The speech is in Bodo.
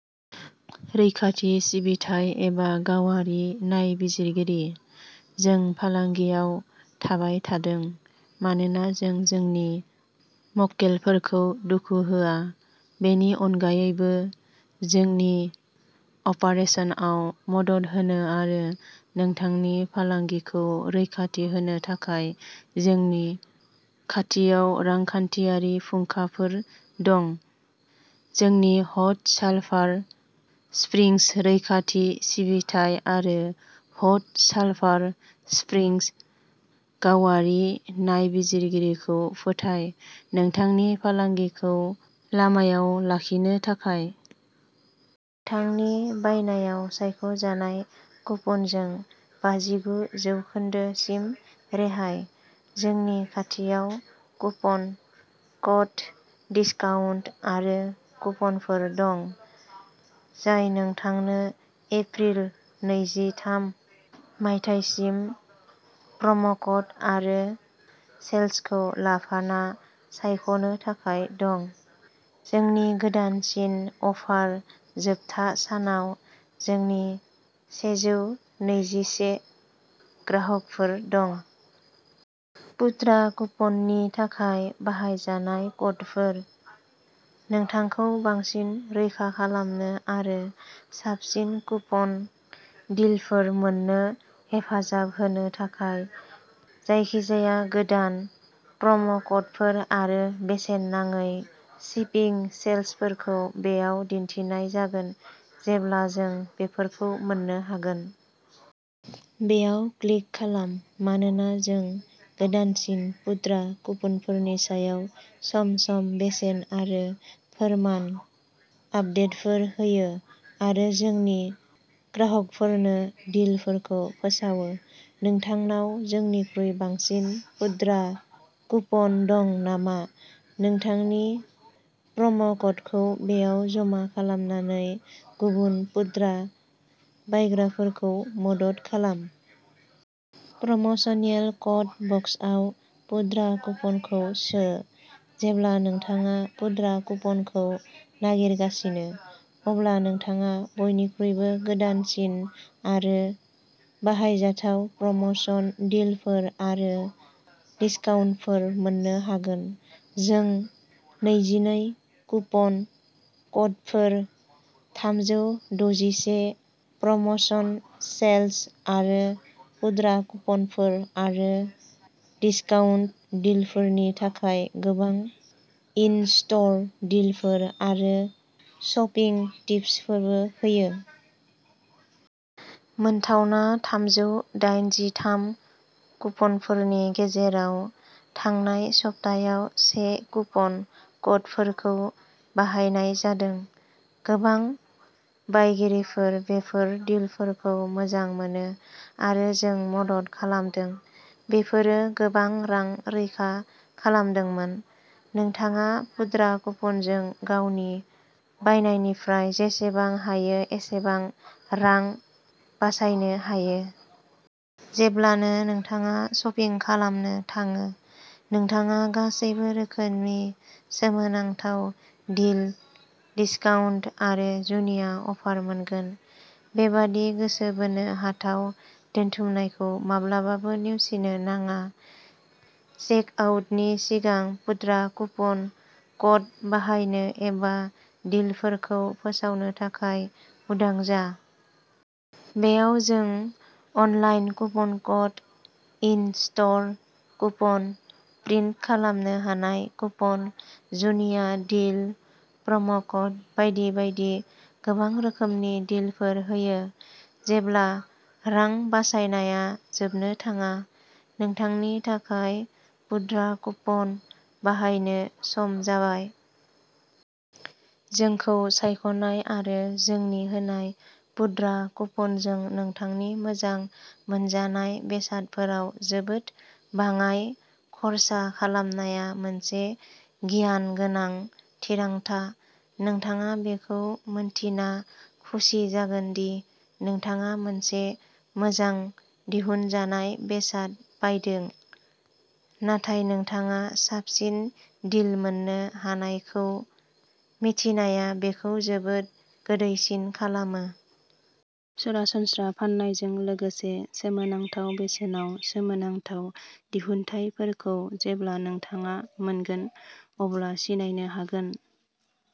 रैखाथि सिबिथाइ एबा गावारि नायबिजिरगिरि? जों फालांगियाव थाबाय थादों, मानोना जों जोंनि मक्केलफोरखौ दुखु होआ। बेनि अनगायैबो, जोंनि अपारेसनाव मदद होनो आरो नोंथांनि फालांगिखौ रैखाथि होनो थाखाय जोंनि खाथियाव रांखान्थियारि फुंखाफोर दं। जोंनि हट सालफार स्प्रिंग्स रैखाथि सिबिथाइ आरो हट सालफार स्प्रिंग्स गावारि नायबिजिरगिरिखौ फोथाय, नोंथांनि फालांगिखौ लामायाव लाखिनो थाखाय। नोंथांनि बायनायाव सायख' जानाय कुपनजों बाजिगु जौखोन्दो सिम रेहाय! जोंनि खाथियाव कुपन क'ड, दिसकाउन्ट आरो कुपनफोर दं, जाय नोंथांनो एप्रिल नैजि थाम, मायथाइसिम प्रम'क'ड आरो सेल्सखौ लाफाना सायख'नो थाखाय दं। जोंनि गोदानसिन अफार जोबथा सानाव, जोंनि सेजौ नैजि से ग्राहकफोर दं। पुद्रा कुपननि थाखाय बाहायजानाय क'डफोर। नोंथांखौ बांसिन रैखा खालामनो आरो साबसिन कुपन डिलफोर मोन्नो हेफाजाब होनो थाखाय, जायखिजाया गोदान प्रम'क'डफोर आरो बेसेन नाङै शिपिं सेल्सफोरखौ बेयाव दिन्थिनाय जागोन जेब्ला जों बेफोरखौ मोन्नो हागोन। बेयाव क्लिक खालाम मानोना जों गोदानसिन पुद्रा कुपनफोरनि सायाव सम सम बेसेन आरो फोरमान आपदेटफोर होयो आरो जोंनि ग्राहकफोरनो डिलफोरखौ फोसावो। नोंथांनाव जोंनिख्रुइ बांसिन पुद्रा कुपन दं नामा? नोंथांनि प्रम'क'डखौ बेयाव जमा खालामनानै गुबुन पुद्रा बायग्राफोरखौ मदद खालाम। प्रम'शनियेल क'ड बक्सआव पुद्रा कुपनखौ सो। जेब्ला नोंथाङा पुद्रा कुपनखौ नागिरगासिनो, अब्ला नोंथाङा बयनिख्रुइबो गोदानसिन आरो बाहायजाथाव प्रम'शन डिलफोर आरो डिस्काउन्टफोर मोन्नो हागोन। जों नैजि नै कुपन क'डफोर, थामजौ द'जि से प्रम'शन सेल्स आरो पुद्रा कुपनफोर आरो डिस्काउन्ट डिलफोरनि थाखाय गोबां इन स्ट'र डिलफोर आरो शपिं टिप्सफोरबो होयो। मोनथावना थामजौ दाइनजि थाम कुपनफोरनि गेजेराव, थांनाय सप्तायाव से कुपन क'डफोरखौ बाहायनाय जादों। गोबां बायगिरिफोर बेफोर डिलफोरखौ मोजां मोनो आरो जों मदद खालामदों। बेफोरो गोबां रां रैखा खालामदोंमोन। नोंथाङा पुद्रा कुपनजों गावनि बायनायनिफ्राय जेसेबां हायो एसेबां रां बासायनो हायो। जेब्लानो नोंथाङा शपिं खालामनो थाङो, नोंथाङा गासैबो रोखोमनि सोमोनांथाव डिल, डिस्काउन्ट आरो जुनिया अफार मोनगोन। बेबादि गोसो बोनो हाथाव दोनथुमनायखौ माब्लाबाबो नेवसिनो नाङा। चेकआउटनि सिगां पुद्रा कुपन क'ड बाहायनो एबा डीलफोरखौ फोसावनो थाखाय उदां जा। बेयाव जों online coupon code, in store coupon, print खालामनो हानाय कुपन, जुनिया डील, प्रम'क'ड बायदि बायदि गोबां रोखोमनि डीलफोर होयो। जेब्ला रां बासायनाया जोबनो थाङा! नोंथांनि थाखाय पुद्रा कुपन बाहायनो सम जाबाय। जोंखौ सायख'नाय आरो जोंनि होनाय पुद्रा कुपनजों नोंथांनि मोजां मोनजानाय बेसादफोराव जोबोद बाङाय खर्सा खालामनाया मोनसे गियान गोनां थिरांथा। नोंथाङा बेखौ मिन्थिना खुसि जागोन दि नोंथाङा मोनसे मोजां दिहुनजानाय बेसाद बायदों, नाथाय नोंथाङा साबसिन डिल मोननो हानायखौ मिथिनाया बेखौ जोबोद गोदैसिन खालामो! सरासनस्रा फान्नायजों लोगोसे, सोमोनांथाव बेसेनाव सोमोनांथाव दिहुनथायफोरखौ जेब्ला नोंथाङा मोनगोन अब्ला सिनायनो हागोन।